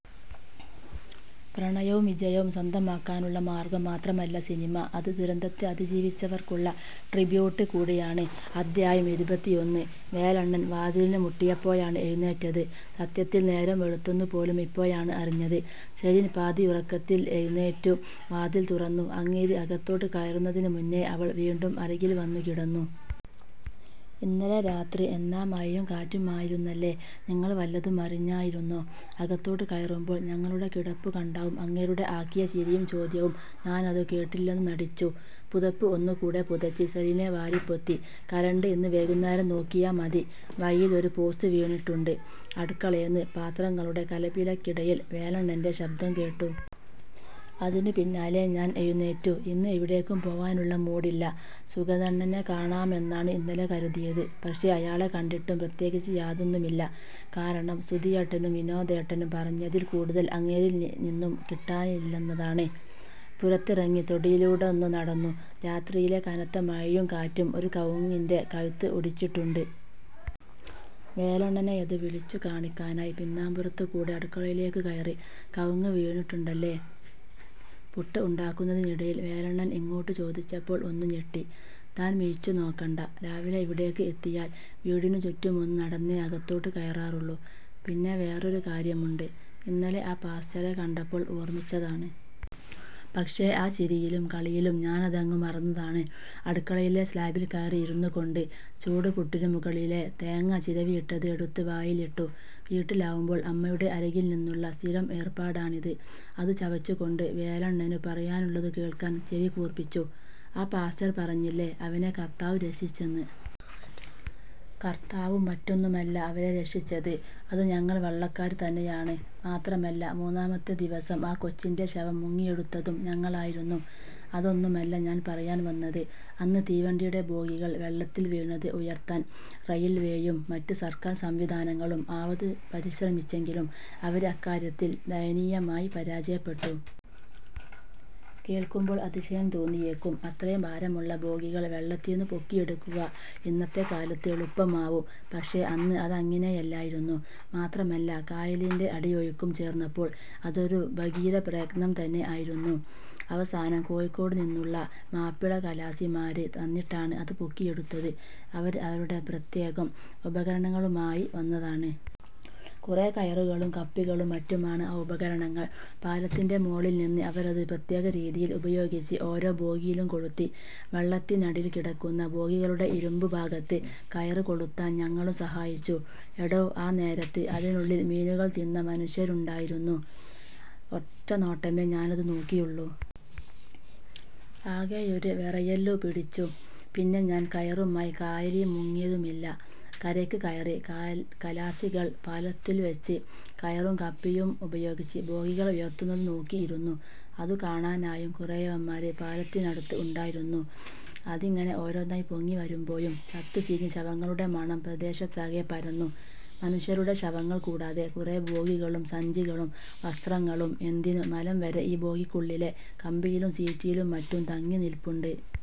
പ്രണയവും വിജയവും സ്വന്തമാക്കാനുള്ള മാർഗം മാത്രമല്ല സിനിമ; അത് ദുരന്തത്തെ അതിജീവിച്ചവർക്കുള്ള ട്രിബ്യൂട്ട് കൂടിയാണ് അധ്യായം: ഇരുപത്തിയൊന്ന് വേലണ്ണൻ വാതിലിനു മുട്ടിയപ്പോഴാണ് എഴുന്നേറ്റത്. സത്യത്തിൽ നേരം വെളുത്തെന്നു പോലും ഇപ്പോഴാണ് അറിഞ്ഞത്. സെലിൻ പാതിയുറക്കത്തിൽ എഴുന്നേറ്റു വാതിൽ തുറന്നു, അങ്ങേര് അകത്തോട്ട് കയറുന്നതിനു മുന്നെ അവൾ വീണ്ടും അരികിൽവന്നു കിടന്നു. "ഇന്നലെ രാത്രി എന്നാ മഴയുംകാറ്റുമായിരുന്നല്ലേ? നിങ്ങള് വല്ലതും അറിഞായിരുന്നോ? അകത്തോട്ടു കയറുമ്പോൾ ഞങ്ങളുടെ കിടപ്പുകണ്ടാവും അങ്ങേരുടെ ആക്കിയ ചിരിയും ചോദ്യവും ഞാനതു കേട്ടില്ലെന്നു നടിച്ചു. പുതപ്പ് ഒന്നുകൂടെ പുതച്ച് സെലിനെ വാരിപ്പൊത്തി. "കരണ്ട് ഇന്ന് വൈകുന്നേരം നോക്കിയാ മതി. വഴീലൊരു പോസ്റ്റ് വീണിട്ടുണ്ട്" അടുക്കേളേന്ന് പാത്രങ്ങളുടെ കലപിലക്കിടയിൽ വേലണ്ണന്റെ ശബ്ദം കേട്ടു. അതിനു പിന്നാലെ ഞാൻ എഴുന്നേറ്റു. ഇന്ന് എവിടേക്കും പോവാനുള്ള മൂഡില്ല. സുഗതണ്ണനെ കാണാമെന്നാണു ഇന്നലെ കരുതിയത്. പക്ഷേ. അയാളെ കണ്ടിട്ടും പ്രത്യേകിച്ച് യാതൊന്നുമില്ല. കാരണം, സുധിയേട്ടനും വിനോദേട്ടനും പറഞ്ഞതിൽ കൂടുതൽ അങ്ങേരിൽ നിന്നും കിട്ടാനില്ലെന്നതാണ്. പുറത്തിറങ്ങി തൊടിയിലൂടൊന്നു നടന്നു. രാത്രിയിലെ കനത്ത മഴയും കാറ്റും ഒരു കവുങ്ങിന്റ കഴുത്ത് ഒടിച്ചിട്ടിട്ടുണ്ട്. വേലണ്ണനെയതു വിളിച്ചു കാണിക്കാനായി പിന്നാമ്പുറത്തു കൂടെ അടുക്കളയിലേക്ക് കയറി. "കവുങ്ങ് വീണിട്ടുണ്ടല്ലേ? " പുട്ട് ഉണ്ടാക്കുന്നതിന് ഇടയിൽ വേലണ്ണൻ ഇങ്ങോട്ടു ചോദിച്ചപ്പോൾ ഒന്നു ഞെട്ടി. "താൻ മിഴിച്ചുനോക്കണ്ട. രാവിലെ ഇവിടേക്ക് എത്തിയാല് വീടിനു ചുറ്റുമൊന്നു നടന്നേ അകത്തോട്ടു കയറാറുള്ളൂ. പിന്നെ വേറൊരു കാര്യമുണ്ട്. ഇന്നലെ ആ പാസ്റ്ററെ കണ്ടപ്പോൾ ഓർമിച്ചതാണ്. പക്ഷേ, ആ ചിരിയിലും കളിയിലും ഞാനതങ്ങു മറന്നതാണ്" അടുക്കളയിലെ സ്ലാബിൽ കയറി ഇരുന്നുകൊണ്ട്, ചൂടു പുട്ടിനു മുകളിലെ തേങ്ങ ചിരവിയിട്ടത് എടുത്ത് വായിലിട്ടു. വീട്ടിലാവുമ്പോൾ അമ്മയുടെ അരികിൽ നിന്നുള്ള സ്ഥിരം ഏർപ്പാടാണിത്. അതു ചവച്ചുകൊണ്ട് വേലണ്ണനു പറയാനുള്ളതു കേൾക്കാൻ ചെവികൂർപ്പിച്ചു. "ആ പാസ്റ്റർ പറഞ്ഞില്ലേ അവനെ കർത്താവു രക്ഷിച്ചെന്ന്. കർത്താവും മറ്റുമൊന്നുമല്ല അവരെ രരക്ഷിച്ചത്. അതു ഞങ്ങൾ വള്ളക്കാര് തന്നെയാണ്. മാത്രമല്ല, മൂന്നാമത്തെ ദിവസം ആ കൊച്ചിന്റെ ശവം മുങ്ങിയെടുത്തതും ഞങ്ങളായിരുന്നു. അതൊന്നുമല്ല ഞാൻ പറയാൻ വന്നത്. അന്ന് തീവണ്ടീടെ ബോഗികൾ വെള്ളത്തിൽ വീണത് ഉയർത്താൻ റെയിൽവേയും മറ്റു സർക്കാർ സംവിധാനങ്ങളും ആവതു പരിശ്രമിച്ചെങ്കിലും അവര് അക്കാര്യത്തിൽ ദയനീയമായി പരാജയപ്പെട്ടു. കേൾക്കുമ്പോൾ അതിശയം തോന്നിയേക്കും. അത്രേം ഭാരമുള്ള ബോഗികൾ വെള്ളത്തീന്നു പൊക്കിയെടുക്കുക ഇന്നത്തെ കാലത്ത് എളുപ്പമാവും. പക്ഷേ, അന്ന് അതങ്ങിനെയല്ലായിരുന്നു. മാത്രമല്ല കായലിന്റെ അടിയൊഴുക്കും ചേർന്നപ്പോൾ അതൊരു ഭഗീരപ്രയ്തനം തന്നെ ആയിരുന്നു. അവസാനം കോഴിക്കോടു നിന്നുള്ള മാപ്പിളഖലാസിമാര് വന്നിട്ടാണ് അതു പൊക്കിയെടുത്തത്. അവര്, അവരുടെ പ്രത്യേകം ഉപകരണങ്ങളുമായി വന്നതാണ്. കുറേ കയറുകളും കപ്പികളും മറ്റുമാണ് ആ ഉപകരണങ്ങൾ. പാലത്തിന്റെ മോളിൽ നിന്ന്, അവരതു പ്രത്യേകരീതിയിൽ ഉപയോഗിച്ച് ഓരോ ബോഗിയിലും കൊളുത്തി. വെള്ളത്തിനടിയിൽ കിടക്കുന്ന ബോഗികളുടെ ഇരുമ്പു ഭാഗത്ത് കയറ് കൊളുത്താൻ ഞങ്ങളുും സഹായിച്ചു. എടോ ആ നേരത്ത്, അതിനുള്ളിൽ മീനുകള് തിന്ന മനുഷ്യരുണ്ടായിരുന്നു. ഒറ്റനോട്ടമേ ഞാനതു നോക്കിയുള്ളൂ. ആകെയൊരു വെറയലുപിടിച്ചു. പിന്നെ ഞാൻ കയറുമായി കായലീ മുങ്ങിയതുമില്ല. കരയ്ക് കയറി, ഖലാസികള് പാലത്തിൽവെച്ച് കയറും കപ്പിയും ഉപയോഗിച്ച് ബോഗികൾ ഉയർത്തുന്നതു നോക്കി ഇരുന്നു. അതുകാണാനായും കുറേയവന്മാര് പാലത്തിനടുത്ത് ഉണ്ടായിരുന്നു. അതിങ്ങനെ ഓരോന്നായി പൊങ്ങിവരുമ്പോഴും ചത്തു ചീഞ്ഞ ശവങ്ങളുടെ മണം പ്രദേശത്താകെ പരന്നു. മനുഷ്യരുടെ ശവങ്ങള് കൂടാതെ കുറേ ബാഗുകളും സഞ്ചികളും വസ്ത്രങ്ങളും എ ന്തിനു മലം വരെ ഈ ബോഗികൾക്കുള്ളിലെ കമ്പിയിലും സീറ്റിലും മറ്റും തങ്ങി നിൽപ്പുണ്ട്.